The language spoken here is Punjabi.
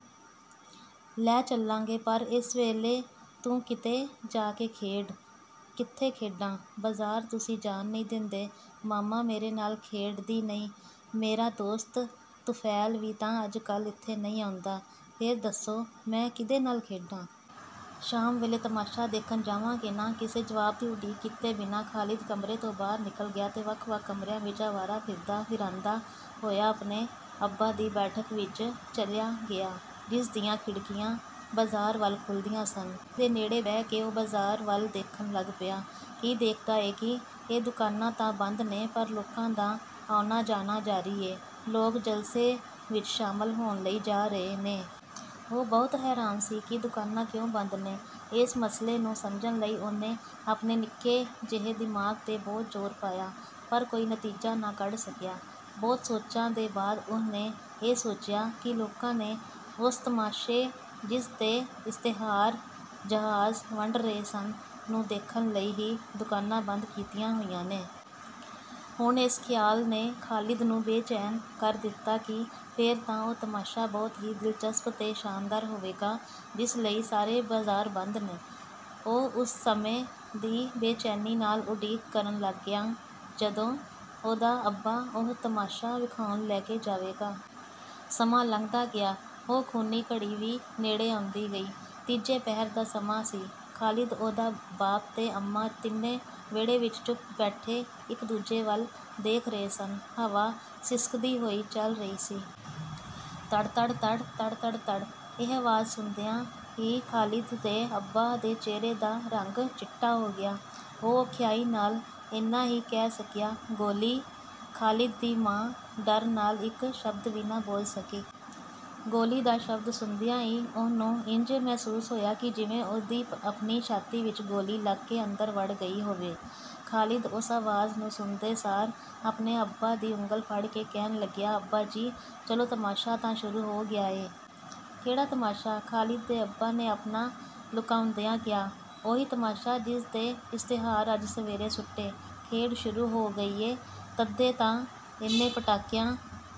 ਲੈ ਚੱਲਾਂਗੇ ਪਰ ਏਸੇ ਵੇਲੇ ਤੂੰ ਕਿਤੇ ਜਾ ਕੇ ਖੇਡ। ਕਿੱਥੇ ਖੇਡਾਂ? ਬਾਜ਼ਾਰ ਤੁਸੀਂ ਜਾਣ ਨਹੀਂ ਦੇਂਦੇ ਮਾਮਾ ਮੇਰੇ ਨਾਲ ਖੇਡਦੀ ਨਹੀਂ। ਮੇਰਾ ਦੋਸਤ ਤੁਫੈਲ ਵੀ ਤਾਂ ਅੱਜਕੱਲ੍ਹ ਏਥੇ ਨਹੀਂ ਆਉਂਦਾ। ਫੇਰ ਦੱਸੋ ਮੈਂ ਕੀਹਦੇ ਨਾਲ ਖੇਡਾਂ। ਸ਼ਾਮ ਵੇਲੇ ਤਮਾਸ਼ਾ ਦੇਖਣ ਜਾਵਾਂਗੇ ਨਾ? ਕਿਸੇ ਜਵਾਬ ਦੀ ਉਡੀਕ ਕੀਤੇ ਬਿਨਾਂ ਖ਼ਾਲਿਦ ਕਮਰੇ ਤੋਂ ਬਾਹਰ ਨਿਕਲ ਗਿਆ ਤੇ ਵੱਖ ਵੱਖ ਕਮਰਿਆਂ ਵਿਚ ਆਵਾਰਾ ਫਿਰਦਾ ਫਿਰਾਂਦਾ ਹੋਇਆ ਆਪਣੇ ਅੱਬਾ ਦੀ ਬੈਠਕ ਵਿਚ ਚਲਿਆ ਗਿਆ ਜਿਸ ਦੀਆਂ ਖਿੜਕੀਆਂ ਬਾਜ਼ਾਰ ਵੱਲ ਖੁੱਲ੍ਹਦੀਆਂ ਸਨ। ਖਿੜਕੀ ਦੇ ਨੇੜੇ ਬਹਿ ਕੇ ਉਹ ਬਾਜ਼ਾਰ ਵੱਲ ਦੇਖਣ ਲੱਗ ਪਿਆ। ਕੀ ਦੇਖਦਾ ਏ ਕਿ ਇਹ ਦੁਕਾਨਾਂ ਤਾਂ ਬੰਦ ਨੇ ਪਰ ਲੋਕਾਂ ਦਾ ਆਉਣਾ ਜਾਣਾ ਜਾਰੀ ਏ। ਲੋਕ ਜਲਸੇ ਵਿਚ ਸ਼ਾਮਲ ਹੋਣ ਲਈ ਜਾ ਰਹੇ ਨੇ। ਉਹ ਬਹੁਤ ਹੈਰਾਨ ਸੀ ਕਿ ਦੁਕਾਨਾਂ ਕਿਉਂ ਬੰਦ ਨੇ। ਏਸ ਮਸਲੇ ਨੂੰ ਸਮਝਣ ਲਈ ਉਹਨੇ ਆਪਣੇ ਨਿੱਕੇ ਜਿਹੇ ਦਿਮਾਗ਼ ਤੇ ਬਹੁਤ ਜ਼ੋਰ ਪਾਇਆ ਪਰ ਕੋਈ ਨਤੀਜਾ ਨਾ ਕੱਢ ਸਕਿਆ। ਬਹੁਤ ਸੋਚਾਂ ਦੇ ਬਾਅਦ ਉਹਨੇ ਇਹ ਸੋਚਿਆ ਕਿ ਲੋਕਾਂ ਨੇ ਓਸ ਤਮਾਸ਼ੇ ਜਿਸ ਦੇ ਇਸ਼ਤਿਹਾਰ ਜਹਾਜ਼ ਵੰਡ ਰਹੇ ਸਨ ਨੂੰ ਦੇਖਣ ਲਈ ਹੀ ਦੁਕਾਨਾਂ ਬੰਦ ਕੀਤੀਆਂ ਹੋਈਆਂ ਨੇ। ਹੁਣ ਏਸ ਖਿਆਲ ਨੇ ਖ਼ਾਲਿਦ ਨੂੰ ਬੇਚੈਨ ਕਰ ਦਿੱਤਾ ਕਿ ਫੇਰ ਤਾਂ ਉਹ ਤਮਾਸ਼ਾ ਬਹੁਤ ਹੀ ਦਿਲਚਸਪ ਤੇ ਸ਼ਾਨਦਾਰ ਹੋਵੇਗਾ ਜਿਸ ਲਈ ਸਾਰੇ ਬਾਜ਼ਾਰ ਬੰਦ ਨੇ। ਉਹ ਓਸ ਸਮੇਂ ਦੀ ਬੇਚੈਨੀ ਨਾਲ ਉਡੀਕ ਕਰਨ ਲੱਗਿਆ ਜਦੋਂ ਉਹਦਾ ਅੱਬਾ ਉਹ ਤਮਾਸ਼ਾ ਵਿਖਾਉਣ ਲੈ ਕੇ ਜਾਵੇਗਾ। ਸਮਾਂ ਲੰਘਦਾ ਗਿਆ। ਉਹ ਖ਼ੂਨੀ ਘੜੀ ਵੀ ਨੇੜੇ ਆਉਂਦੀ ਗਈ। ਤੀਜੇ ਪਹਿਰ ਦਾ ਸਮਾਂ ਸੀ। ਖ਼ਾਲਿਦ ਉਹਦਾ ਬਾਪ ਤੇ ਅੰਮਾ ਤਿੰਨੇ ਵਿਹੜੇ ਵਿਚ ਚੁੱਪ ਬੈਠੇ ਇਕ ਦੂਜੇ ਵੱਲ ਦੇਖ ਰਹੇ ਸਨ। ਹਵਾ ਸਿਸਕਦੀ ਹੋਈ ਚੱਲ ਰਹੀ ਸੀ। ਤੜ ਤੜ ਤੜ। ਤੜ ਤੜ ਤੜ। ਇਹ ਆਵਾਜ਼ ਸੁਣਦਿਆਂ ਈ ਖ਼ਾਲਿਦ ਦੇ ਅੱਬਾ ਦੇ ਚਿਹਰੇ ਦਾ ਰੰਗ ਚਿੱਟਾ ਹੋ ਗਿਆ। ਉਹ ਔਖਿਆਈ ਨਾਲ ਏਨਾ ਹੀ ਕਹਿ ਸਕਿਆ ਗੋਲੀ। ਖ਼ਾਲਿਦ ਦੀ ਮਾਂ ਡਰ ਨਾਲ ਇਕ ਸ਼ਬਦ ਵੀ ਨਾ ਬੋਲ ਸਕੀ। ਗੋਲੀ ਦਾ ਸ਼ਬਦ ਸੁਣਦਿਆਂ ਈ ਉਹਨੂੰ ਇੰਜ ਮਹਿਸੂਸ ਹੋਇਆ ਕਿ ਜਿਵੇਂ ਉਹਦੀ ਆਪਣੀ ਛਾਤੀ ਵਿਚ ਗੋਲੀ ਲੱਗ ਕੇ ਅੰਦਰ ਵੜ ਗਈ ਹੋਵੇ। ਖ਼ਾਲਿਦ ਓਸ ਆਵਾਜ਼ ਨੂੰ ਸੁਣਦੇ ਸਾਰ ਆਪਣੇ ਅੱਬਾ ਦੀ ਉਂਗਲ ਫੜ ਕੇ ਕਹਿਣ ਲੱਗਿਆ ਅੱਬਾ ਜੀ ਚਲੋ ਤਮਾਸ਼ਾ ਤਾਂ ਸ਼ੁਰੂ ਹੋ ਗਿਆ ਏ। ਕਿਹੜਾ ਤਮਾਸ਼ਾ? ਖ਼ਾਲਿਦ ਦੇ ਅੱਬਾ ਨੇ ਆਪਣਾ ਲੁਕਾਉਂਦਿਆਂ ਕਿਹਾ। "ਉਹੀ ਤਮਾਸ਼ਾ, ਜਿਸ ਦੇ ਇਸ਼ਤਿਹਾਰ ਅੱਜ ਸਵੇਰੇ ਸੁੱਟੇ। ਖੇਡ ਸ਼ੁਰੂ ਹੋ ਗਈ ਏ, ਤੱਦੇ ਤਾਂ ਏਨੇ ਪਟਾਕਿਆਂ